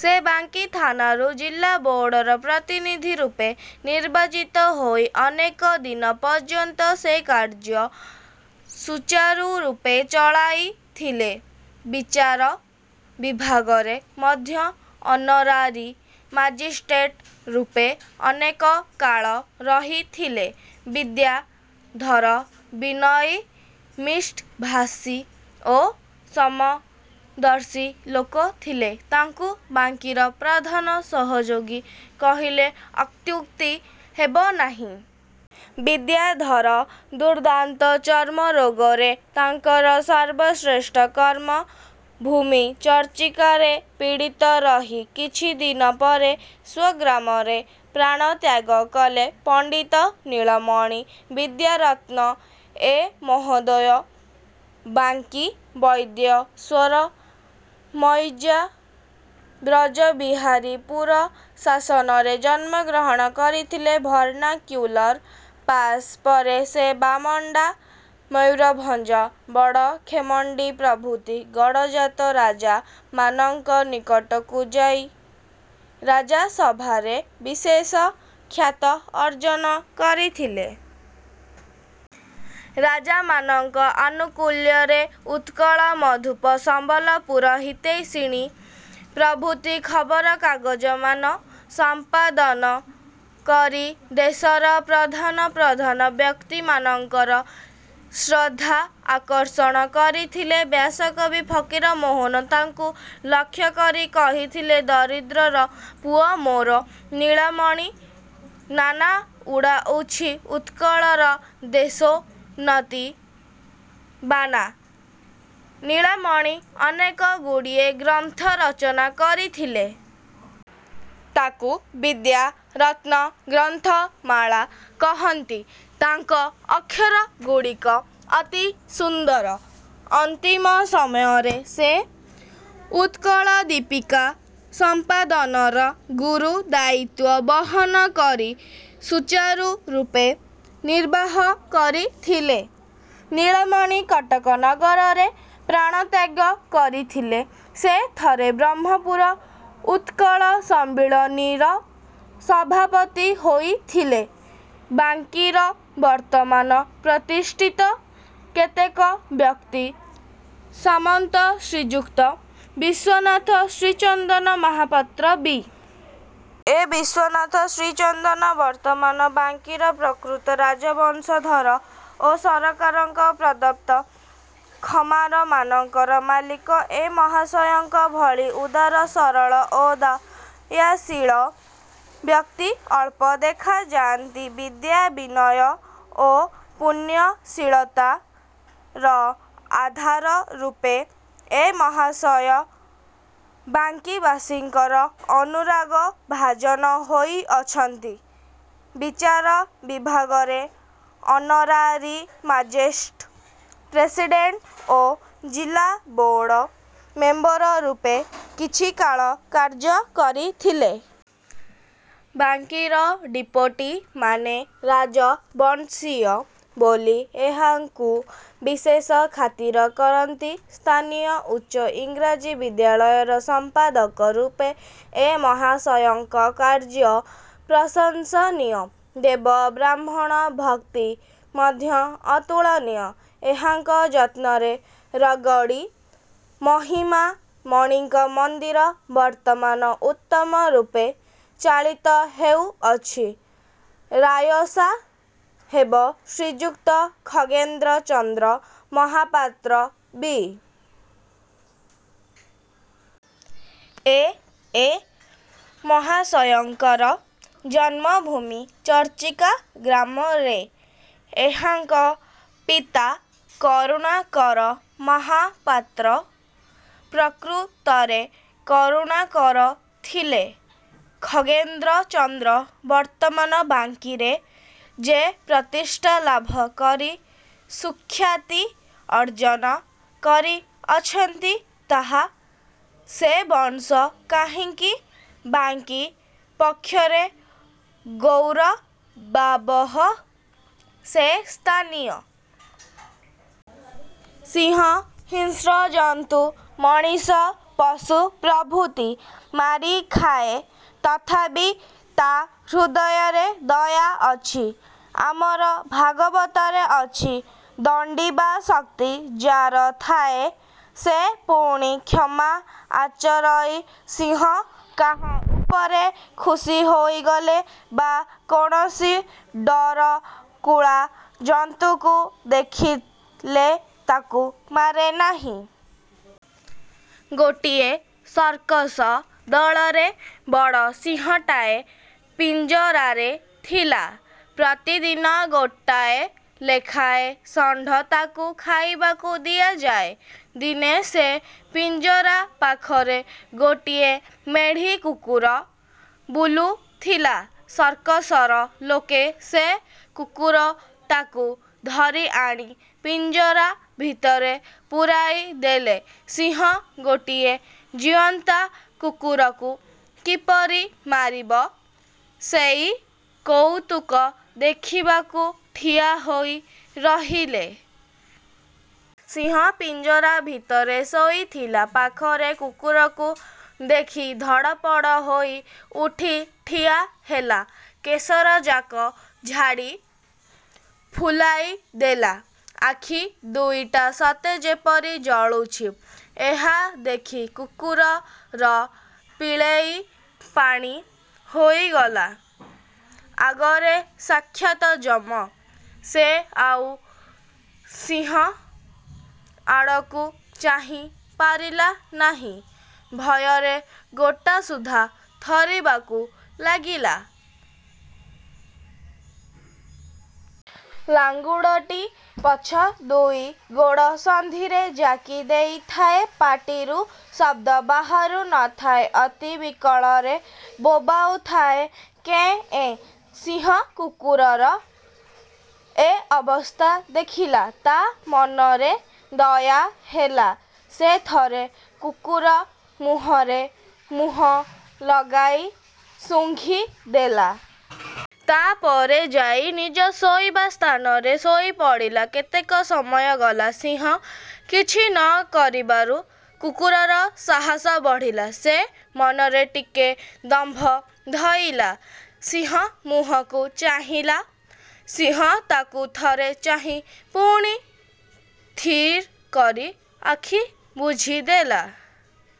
ସେ ବାଙ୍କୀ ଥାନାରୁ ଜିଲାବୋର୍ଡ଼ର ପ୍ରତିନିଧିରୂପେ ନିର୍ବାଚିତ ହୋଇ ଅନେକ ଦିନ ପର୍ଯ୍ୟନ୍ତ ସେ କାର୍ଯ୍ୟ ସୂଚାରୁରୂପେ ଚଳାଇଥିଲେ। ବିଚାର ବିଭାଗରେ ମଧ୍ୟ ଅନରାରୀ ମାଜିଷ୍ଟ୍ରେଟରୂପେ ଅନେକ କାଳ ରହିଥିଲେ। ବିଦ୍ୟାଧର ବିନୟୀ, ମିଷ୍ଟଭାଷୀ ଓ ସମଦର୍ଶୀ ଲୋକ ଥିଲେ। ତାଙ୍କୁ ବାଙ୍କୀର ପ୍ରଧାନ ସହଯୋଗୀ କହିଲେ ଅତ୍ୟୁକ୍ତି ହେବ ନାହିଁ। ବିଦ୍ୟାଧର ଦୁର୍ଦାନ୍ତ ଚର୍ମରୋଗରେ ତାଙ୍କର ସର୍ବଶ୍ରେଷ୍ଠ କର୍ମଭୂମି ଚର୍ଚ୍ଚିକାରେ ପୀଡ଼ିତ ରହି କିଛିଦିନ ପରେ ସ୍ଵଗ୍ରାମରେ ପ୍ରାଣତ୍ୟାଗ କଲେ। ପଣ୍ଡିତ ନୀଳମଣି ବିଦ୍ୟାରତ୍ନ ଏ ମହୋଦୟ ବାଙ୍କୀ ବୈଦ୍ୟେଶ୍ଵର ମୌଜା ବ୍ରଜବିହାରୀପୁର ଶାସନରେ ଜନ୍ମଗ୍ରହଣ କରିଥିଲେ। ଭର୍ଣ୍ଣାକ୍ୟୁଲର ପାଶ୍ ପରେ ସେ ବାମଣ୍ଡା, ମୟୂରଭଞ୍ଜ, ବଡ଼ଖେମଣ୍ଡି ପ୍ରଭୃତି ଗଡ଼ଜାତ ରାଜାମାନଙ୍କ ନିକଟକୁ ଯାଇ ରାଜାସଭାରେ ବିଶେଷ ଖ୍ୟାତି ଅର୍ଜନ କରିଥିଲେ। ରାଜାମାନଙ୍କ ଆନୁକୁଲ୍ୟରେ "ଉତ୍କଳ−ମଧୁପ", "ସମ୍ବଲପୁର−ହିତୈଷିଣୀ'' ପ୍ରଭୃତି ଖବରକାଗଜମାନ ସଂପାଦନ କରି ଦେଶର ପ୍ରଧାନ ପ୍ରଧାନ ବ୍ୟକ୍ତିମାନଙ୍କର ଶ୍ରଦ୍ଧା ଆକର୍ଷଣ କରିଥିଲେ। ବ୍ୟାସକବି ଫକୀରମୋହନ ତାଙ୍କୁ ଲକ୍ଷ୍ୟ କରି କହିଥିଲେ- "ଦରିଦ୍ରର ପୁଅ ମୋର ନୀଳମଣି ନାନା ଉଡ଼ାଉଛି ଉତ୍କଳରେ ଦେଶୋନ୍ନତି ବାନା। '' ନୀଳମଣି ଅନେକଗୁଡ଼ିଏ ଗ୍ରନ୍ଥ ରଚନା କରିଥିଲେ। ତାକୁ "ବିଦ୍ୟାରତ୍ନ−ଗ୍ରନ୍ଥମାଳା'' କହନ୍ତି। ତାଙ୍କ ଅକ୍ଷରଗୁଡ଼ିକ ଅତି ସୁନ୍ଦର। ଅନ୍ତିମ ସମୟରେ ସେ "ଉତ୍କଳ−ଦୀପିକା" ସଂପାଦନର ଗୁରୁ ଦାୟିତ୍ଵ ବହନ କରି ସୂଚାରୁରୂପେ ନିର୍ବାହ କରିଥିଲେ। ନୀଳମଣି କଟକ ନଗରରେ ପ୍ରାଣତ୍ୟାଗ କରିଥିଲେ। ସେ ଥରେ "ବ୍ରହ୍ମପୁର ଉତ୍କଳ−ସମ୍ମିଳନୀ''ର ସଭାପତି ହୋଇଥିଲେ। ବାଙ୍କୀର ବର୍ତ୍ତମାନ ପ୍ରତିଷ୍ଠିତ କେତେକ ବ୍ୟକ୍ତି- ସାମନ୍ତ ଶ୍ରୀଯୁକ୍ତ ବିଶ୍ଵନାଥ ଶ୍ରୀଚନ୍ଦନ ମହାପାତ୍ର ବି. ଏ. ବିଶ୍ଵନାଥ ଶ୍ରୀଚନ୍ଦନ ବର୍ତ୍ତମାନ ବାଙ୍କୀର ପ୍ରକୃତ ରାଜବଂଶଧର ଓ ସରକାରଙ୍କ ପ୍ରଦତ୍ତ ଖମାରମାନଙ୍କର ମାଲିକ। ଏ ମହାଶୟଙ୍କ ଭଳି ଉଦାର, ସରଳ ଓ ଦୟାଶୀଳ ବ୍ୟକ୍ତି ଅଳ୍ପ ଦେଖାଯାନ୍ତି। ବିଦ୍ୟା, ବିନୟ ଓ ପୁଣ୍ୟଶୀଳତାର ଆଧାରରୂପେ ଏ ମହାଶୟ ବାଙ୍କୀବାସୀଙ୍କର ଅନୁରାଗ−ଭାଜନ ହୋଇଅଛନ୍ତି। ବିଚାର ବିଭାଗରେ ଅନରାରୀ ମାଜିଷ୍ଟେଟ୍, ପ୍ରେସିଡ଼େଣ୍ଟ ଓ ଜିଲାବୋର୍ଡ଼ ମେମ୍ବରରୂପେ କିଛି କାଳ କାର୍ଯ୍ୟ କରିଥିଲେ। ବାଙ୍କୀର ଡିପୋଟିମାନେ ରାଜବଂଶୀୟ ବୋଲି ଏହାଙ୍କୁ ବିଶେଷ ଖାତିର କରନ୍ତି। ସ୍ଥାନୀୟ ଉଚ୍ଚ ଇଂରାଜୀ ବିଦ୍ୟାଳୟର ସମ୍ପାଦକରୂପେ ଏ ମହାଶୟଙ୍କ କାର୍ଯ୍ୟ ପ୍ରଶଂସନୀୟ। ଦେବ−ବ୍ରାହ୍ମଣ−ଭକ୍ତି ମଧ୍ୟ ଅତୁଳନୀୟ। ଏହାଙ୍କ ଯତ୍ନରେ ରଗଡ଼ି ମହିମାମଣିଙ୍କ ମନ୍ଦିର ବର୍ତ୍ତମାନ ଉତ୍ତମରୂପେ ଚାଳିତ ହେଉଅଛି। ରାୟସାହେବ ଶ୍ରୀଯୁକ୍ତ ଖଗେନ୍ଦ୍ରଚନ୍ଦ୍ର ମହାପାତ୍ର ବି. ଏ. ଏ ମହାଶୟଙ୍କର ଜନ୍ମଭୂମି ଚର୍ଚ୍ଚିକା ଗ୍ରାମରେ। ଏହାଙ୍କ ପିତା କରୁଣାକର ମହାପାତ୍ର ପ୍ରକୃତରେ କରୁଣା କର ଥିଲେ। ଖଗେନ୍ଦ୍ରଚନ୍ଦ୍ର ବର୍ତ୍ତମାନ ବାଙ୍କୀରେ ଯେ ପ୍ରତିଷ୍ଠା ଲାଭ କରି ସୁଖ୍ୟାତି ଅର୍ଜନ କରିଅଛନ୍ତି, ତାହା ସେ ବଂଶ କାହିଁକି ବାଙ୍କୀ ପକ୍ଷରେ ଗୌରବାବହ। ସେ ସ୍ଥାନୀୟ। ସିଂହ ହିଂସ୍ରଜନ୍ତୁ-ମଣିଷ, ପଶୁ ପ୍ରଭୃତି ମାରି ଖାଏ। ତଥାପି ତା' ହୃଦୟରେ ଦୟା ଅଛି। ଆମର ଭାଗବତରେ ଅଛି- ''ଦଣ୍ଡିବା ଶକ୍ତି ଯାର ଥାଇ, ସେ ପୁଣି କ୍ଷମା ଆଚରଇ। '' ସିଂହ କାହା ଉପରେ ଖୁସି ହୋଇଗଲେ ବା କୌଣସି ଡରକୁଳା ଜନ୍ତୁକୁ ଦେଖିଲେ, ତାକୁ ମାରେ ନାହିଁ। ଗୋଟିଏ ସର୍କସ ଦଳରେ ବଡ଼ ସିଂହଟାଏ ପିଞ୍ଜରାରେ ଥିଲା। ପ୍ରତିଦିନ ଗୋଟାଏ ଲେଖାଏଁ ଷଣ୍ଢ ତାକୁ ଖାଇବାକୁ ଦିଆଯାଏ। ଦିନେ ସେ ପିଞ୍ଜରାପାଖରେ ଗୋଟିଏ ମେଢ଼ୀ କୁକୁର ବୁଲୁଥିଲା। ସର୍କସର ଲୋକେ ସେ କୁକୁରଟାକୁ ଧରିଆଣି ପିଞ୍ଜରା ଭିତରେ ପୁରାଇଦେଲେ। ସିଂହ ଗୋଟାଏ ଜୀଅନ୍ତା କୁକୁରକୁ କିପରି ମାରିବ, ସେଇ କଉତୁକ ଦେଖିବାକୁ ଠିଆହୋଇ ରହିଲେ। ସିଂହ ପିଞ୍ଜରା ଭିତରେ ଶୋଇଥିଲା। ପାଖରେ କୁକୁରକୁ ଦେଖି ଧଡ଼ପଡ଼ ହୋଇ ଉଠି ଠିଆ ହେଲା। କେଶରଯାକ ଝାଡ଼ି ଫୁଲାଇଦେଲା। ଆଖି ଦୁଇଟା ସତେ ଯେପରି ଜଳୁଛି। ଏହା ଦେଖି କୁକୁରର ପିଳେଇ ପାଣି ହୋଇଗଲା। ଆଗରେ ସାକ୍ଷାତ ଯମ! ସେ ଆଉ ସିଂହ ଆଡ଼କୁ ଚାହିଁପାରିଲା ନାହିଁ, ଭୟରେ ଗୋଟାସୁଦ୍ଧା ଥରିବାକୁ ଲାଗିଲା। ଲାଙ୍ଗୁଡ଼ଟି ପଛ ଦୁଇ ଗୋଡ଼ ସନ୍ଧିରେ ଜାକି ଦେଇଥାଏ। ପାଟିରୁ ଶବ୍ଦ ବାହାରୁ ନ ଥାଏ। ଅତି ବିକଳରେ ବୋବାଉଥାଏ-କେଁ ଏଁ। ସିଂହ କୁକୁରର ଏ ଅବସ୍ଥା ଦେଖିଲା। ତା' ମନରେ ଦୟା ହେଲା। ସେ ଥରେ କୁକୁର ମୁହଁରେ ମୁହଁ ଲଗାଇ ଶୁଙ୍ଘି ଦେଲା। ତା'ପରେ ଯାଇ ନିଜ ଶୋଇବା ସ୍ଥାନରେ ଶୋଇପଡ଼ିଲା। କେତେକ ସମୟ ଗଲା; ସିଂହ କିଛି ନ କରିବାରୁ କୁକୁରର ସାହସ ବଢ଼ିଲା। ସେ ମନରେ ଟିକିଏ ଦମ୍ଭ ଧଇଲା; ସିଂହ ମୁଁହକୁ ଚାହିଁଲା। ସିଂହ ତାକୁ ଥରେ ଚାହିଁ ପୁଣି ଥିର୍ କରି ଆଖି ବୁଜିଦେଲା।